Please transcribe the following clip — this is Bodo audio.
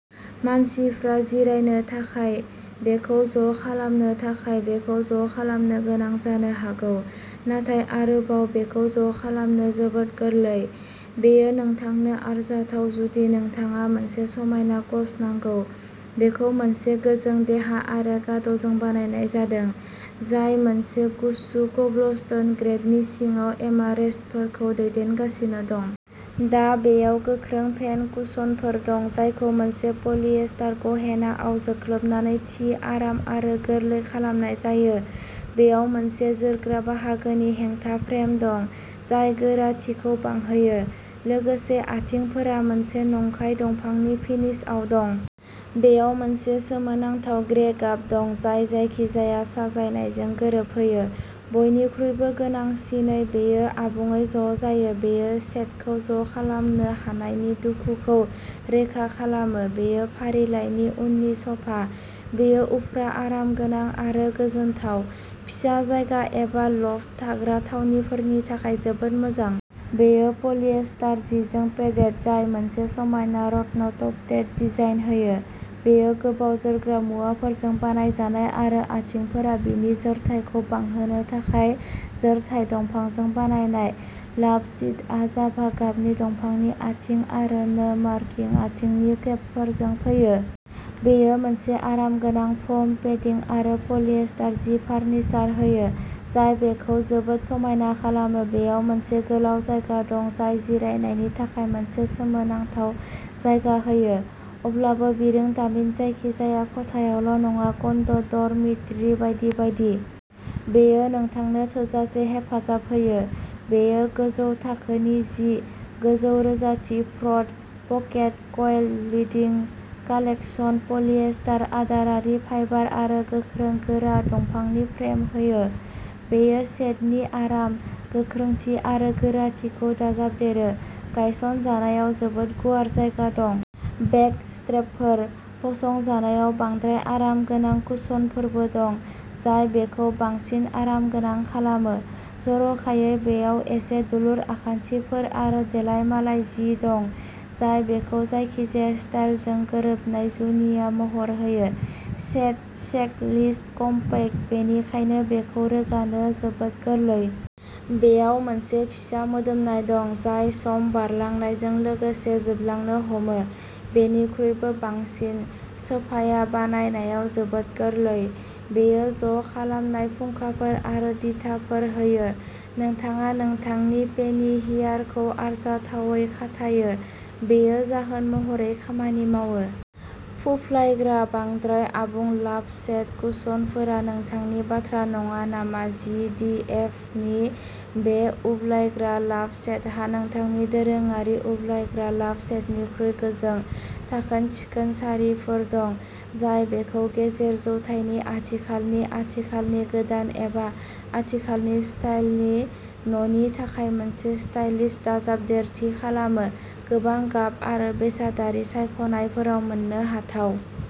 मानसिफ्रा जिरायनो थाखाय। बेखौ ज'खालामनो थाखाय, बेखौ ज'खालामनो गोनां जानो हागौ, नाथाय आरोबाव बेखौ ज'खालामनो जोबोद गोरलै। बेयो नोंथांनो आरजाथाव जुदि नोंथाङा मोनसे समायना कच नांगौ। बेखौ मोनसे गोजों देहा आरो गाद'जों बानायनाय जादों, जाय मोनसे गुसु क'ब्लस्टोन ग्रेनि सिङाव एमरेस्टफोरखौ दैदेनगासिनो दं। दा, बेयाव गोख्रों फेन कुशनफोर दं, जायखौ मोनसे पलिएस्टार गहेनाआव जोख्लोबनानै थि आराम आरो गोरलै खालामनाय जायो। बेयाव मोनसे जोरग्रा बाहागोनि हेंथा फ्रेम दं, जाय गोराथिखौ बांहोयो। लोगोसे, आथिंफोरा मोनसे नंखाय दंफांनि फिनिशआव दं। बेयाव मोनसे सोमोनांथाव ग्रे गाब दं, जाय जायखिजाया साजायनायजों गोरोबहोयो। बयनिख्रुइबो गोनांसिनै, बेयो आबुङै ज'जायो। बेयो सेटखौ ज'खालामनो हानायनि दुखुखौ रैखा खालामो। बेयो फारिलाइनि उननि स'फा। बेयो उफ्रा आरामगोनां आरो गोजोनथाव। फिसा जायगा एबा लफ्ट थाग्रा थावनिफोरनि थाखाय जोबोद मोजां। बेयो पलिएस्टार जिजों पेडेड, जाय मोनसे समायना रत्न-टफ्टेड डिजाइन होयो। बेयो गोबाव जोरग्रा मुवाफोरजों बानायजानाय आरो आथिंफोरा बिनि जोरथाइखौ बांहोनो थाखाय जोरथाय दंफांजों बानायनाय। लाभसीटआ जाभा गाबनि दंफांनि आथिं आरो नो मार्किं आथिंनि केपफोरजों फैयो। बेयो मोनसे आरामगोनां फोम पेडिं आरो पलिएस्टार जि फार्निचार होयो जाय बेखौ जोबोद समायना खालामो। बेयाव मोनसे गोलाव जायगा दं जाय जिरायनायनि थाखाय मोनसे सोमोनांथाव जायगा होयो। अब्लाबो, बिरोंदामिन जायखिजाया खथायावल' नङा कन्ड', ड'रमिटरि बायदि बायदि। बेयो नोंथांनो थोजासे हेफाजाब होयो। बेयो गोजौ थाखोनि जि, गोजौ रोजाथि फ्र'थ pocket coil, leading collection polyester आदारारि फाइबार आरो गोख्रों गोरा दंफांनि फ्रेम होयो। बेयो सेटनि आराम, गोख्रोंथि आरो गोराथिखौ दाजाबदेरो। गायसनजानायाव जोबोद गुवार जायगा दं। बेक स्ट्रेपफोर। फसंजानायाव बांद्राय आरामगोनां कुशनफोरबो दं, जाय बेखौ बांसिन आरामगोनां खालामो। जर'खायै, बेयाव एसे दुलुर आखान्थिफोर आरो देलायमालाय जि दं, जाय बेखौ जायखिजाया स्टाइलजों गोरोबनाय जुनिया महर होयो। सेट चेकलिस्ट कम्पैक्ट, बेनिखायनो बेखौ रोगानो जोबोद गोरलै। बेयाव मोनसे फिसा मोदोमनाय दं, जाय सम बारलांनायजों लोगोसे जोबलांनो हमो। बेनिख्रुइबो बांसिन, सोफाया बानायनायाव जोबोद गोरलै। बेयो ज'खालामनाय फुंखाफोर आरो दिथाफोर होयो। नोंथाङा नोंथांनि पेनि हियारखौ आरजाथावै खाथायो। बेयो जाहोन महरै खामानि मावो। फुफ्लायग्रा, बांद्राय आबुं लाभसेट कुशनफोरा नोंथांनि बाथ्रा नङा नामा जि दि एफ नि बे उब्लायग्रा लाभसेटहा नोंथांनि दोरोङारि उब्लायग्रा लाभसेटनिख्रुइ गोजों, साखोन-सिखोन सारिफोर दं, जाय बेखौ गेजेर जौथाइनि आथिखालनि, आथिखालनि, गोदान एबा आथिखालनि स्टाइलनि न'नि थाखाय मोनसे स्टाइलिश दाजाबदेरथि खालामो। गोबां गाब आरो बेसादारि सायख'नायफोराव मोननो हाथाव।